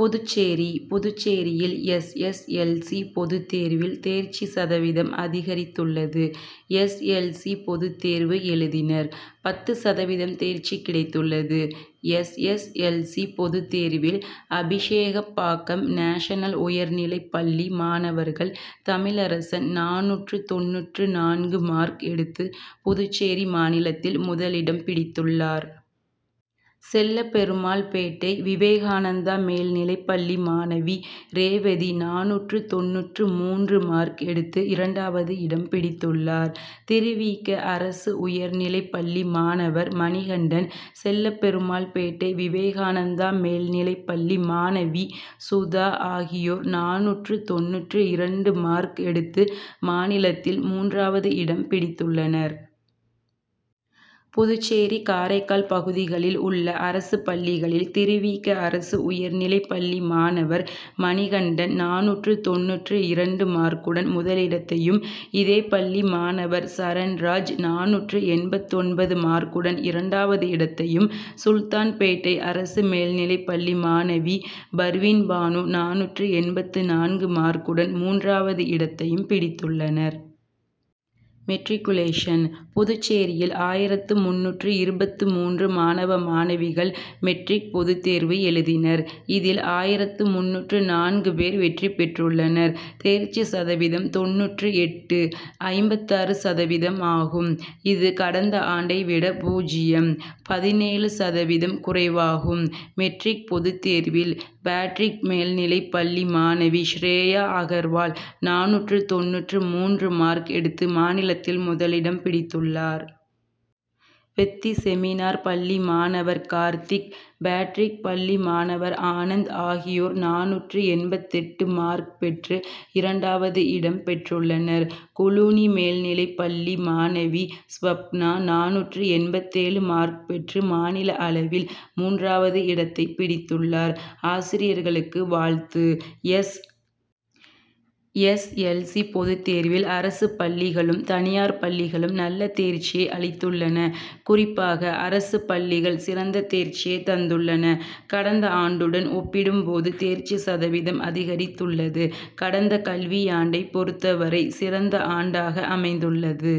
புதுச்சேரி: புதுச்சேரியில் S. S. L. C., பொதுத் தேர்வில் தேர்ச்சி சதவீதம் அதிகரித்துள்ளது. எஸ். எல். சி., பொதுத் தேர்வு எழுதினர். பத்து சதவீதம் தேர்ச்சி கிடைத்துள்ளது. எஸ். எஸ். எல். சி., பொதுத் தேர்வில் அபிஷேகப்பாக்கம் நேஷனல் உயர்நிலைப் பள்ளி மாணவர் தமிழரசன் நானூற்று தொண்ணூற்று நான்கு மார்க் எடுத்து புதுச்சேரி மாநிலத்தில் முதலிடம் பிடித்துள்ளார். செல்லபெருமாள்பேட்டை விவேகானந்தா மேல்நிலைப் பள்ளி மாணவி ரேவதி நானூற்று தொண்ணூற்று மூன்று மார்க் எடுத்து இரண்டாவது இடம் பிடித்துள்ளார். திரு. வி. க., அரசு உயர் நிலைப் பள்ளி மாணவர் மணிகண்டன், செல்லபெருமாள் பேட்டை விவேகானந்தா மேல்நிலைப் பள்ளி மாணவி சுதா ஆகியோர் நானூற்று தொண்ணூற்று இரண்டு மார்க் எடுத்து மாநிலத்தில் மூன்றாவது இடம் பிடித்துள்ளனர். புதுச்சேரி, காரைக்கால் பகுதிகளில் உள்ள அரசு பள்ளிகளில் திரு. வி. க. அரசு உயர்நிலைப் பள்ளி மாணவர் மணிகண்டன் நானூற்று தொண்ணூற்று இரண்டு மார்க்குடன் முதலிடத்தையும், இதேபள்ளி மாணவர் சரண்ராஜ் நானூற்று எண்பத்தொன்பது மார்க்குடன் இரண்டாவது இடத்தையும், சுல்தான்பேட்டை அரசு மேல்நிலைப் பள்ளி மாணவி பர்வீன் பானு நானூற்று எண்பத்து நான்கு மார்க்குடன் மூன்றாவது இடத்தையும் பிடித்துள்ளனர். மெட்ரிக்குலேஷன்: புதுச்சேரியில் ஆயிரத்து முந்நூற்று இருபத்து மூன்று மாணவ மாணவிகள் மெட்ரிக் பொதுத் தேர்வு எழுதினர். இதில் ஆயிரத்து முந்நூற்று நான்கு பேர் வெற்றி பெற்றுள்ளனர். தேர்ச்சி சதவீதம் தொண்ணூற்று எட்டு.ஐம்பத்தாறு சதவீதமாகும். இது, கடந்தாண்டைவிட பூஜ்ஜியம். பதினேழு சதவீதம் குறைவாகும். மெட்ரிக் பொதுத் தேர்வில் பேட்ரிக் மேல்நிலைப் பள்ளி மாணவி ஷ்ரேயா அகர்வால் நானூற்று தொண்ணூற்று மூன்று மார்க் எடுத்து மாநிலத்தில் முதலிடம் பிடித்துள்ளார். பெத்திசெமினார் பள்ளி மாணவர் கார்த்திக், பேட்ரிக் பள்ளி மாணவர் ஆனந்த் ஆகியோர் நானூற்று எண்பத்தெட்டு மார்க் பெற்று இரண் டாவது இடம் பெற்றுள்ளனர். குளூனி மேல்நிலைப் பள்ளி மாணவி ஸ்வப்னா, நானூற்று எண்பத்தேழு மார்க் பெற்று மாநில அளவில் மூன் றாவது இடத்தை பிடித்துள்ளார். ஆசிரியர்களுக்கு வாழ்த்து: எஸ். எஸ். எல். சி., பொதுத் தேர் வில் அரசு பள்ளிகளும், தனியார் பள்ளிகளும் நல்ல தேர்ச்சியை அளித்துள்ளன. குறிப் பாக அரசு பள்ளிகள் சிறந்த தேர்ச்சியை தந்துள்ளன. கடந்த ஆண்டுடன் ஒப்பிடும்போது தேர்ச்சி சதவீதம் அதிகரித் துள்ளது. கடந்த கல்வியாண்டை பொருத்தவரை சிறந்த ஆண் டாக அமைந்துள்ளது.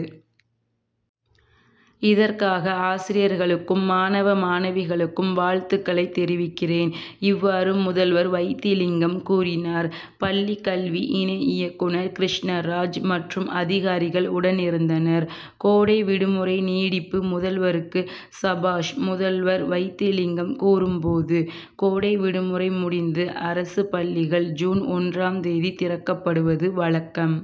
இதற் காக ஆசிரியர்களுக்கும், மாணவ மாணவிகளுக்கும் வாழ்த்துக் களை தெரிவிக்கிறேன். இவ்வாறு முதல்வர் வைத்திலிங்கம் கூறினார். பள்ளிக் கல்வி இணை இயக்குனர் கிருஷ்ணராஜ் மற்றும் அதிகாரிகள் உடனிருந்தனர். கோடை விடுமுறை நீடிப்பு முதல்வருக்கு சபாஷ் முதல்வர் வைத்திலிங்கம் கூறும்போது, கோடை விடுமுறை முடிந்து அரசு பள்ளிகள் ஜூன் ஒன்றாம் தேதி திறக்கப்படுவது வழக்கம்.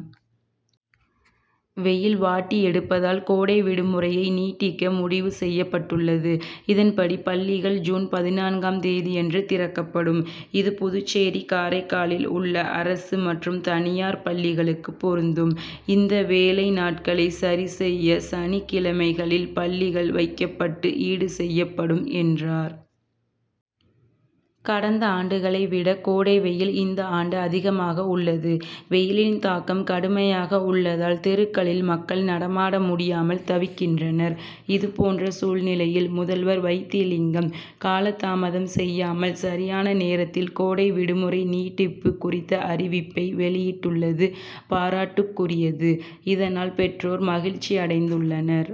வெயில் வாட்டி எடுப்பதால் கோடை விடுமுறையை நீட்டிக்க முடிவு செய்யப்பட்டுள்ளது. இதன்படி பள்ளிகள் ஜூன் பதினான்காம் தேதியன்று திறக்கப்படும். இது புதுச்சேரி, காரைக்காலில் உள்ள அரசு மற்றும் தனியார் பள்ளிகளுக்கு பொருந்தும். இந்த வேலை நாட்களை சரி செய்ய சனிக் கிழமைகளில் பள்ளிகள் வைக்கப்பட்டு ஈடு செய்யப்படும் என்றார். கடந்த ஆண்டுகளைவிட கோடை வெயில் இந்தாண்டு அதிகமாக உள்ளது. வெயிலின் தாக்கம் கடுமையாக உள்ளதால் தெருக்களில் மக்கள் நடமாட முடியாமல் தவிக்கின்றனர். இதுபோன்ற சூழ்நிலையில் முதல்வர் வைத்திலிங்கம், காலதாமதம் செய்யாமல் சரியான நேரத்தில் கோடை விடுமுறை நீட்டிப்பு குறித்த அறிவிப்பை வெளியிட்டுள்ளது பாராட்டுக்குரியது. இதனால் பெற்றோர் மகிழ்ச்சி அடைந்துள்ளனர்.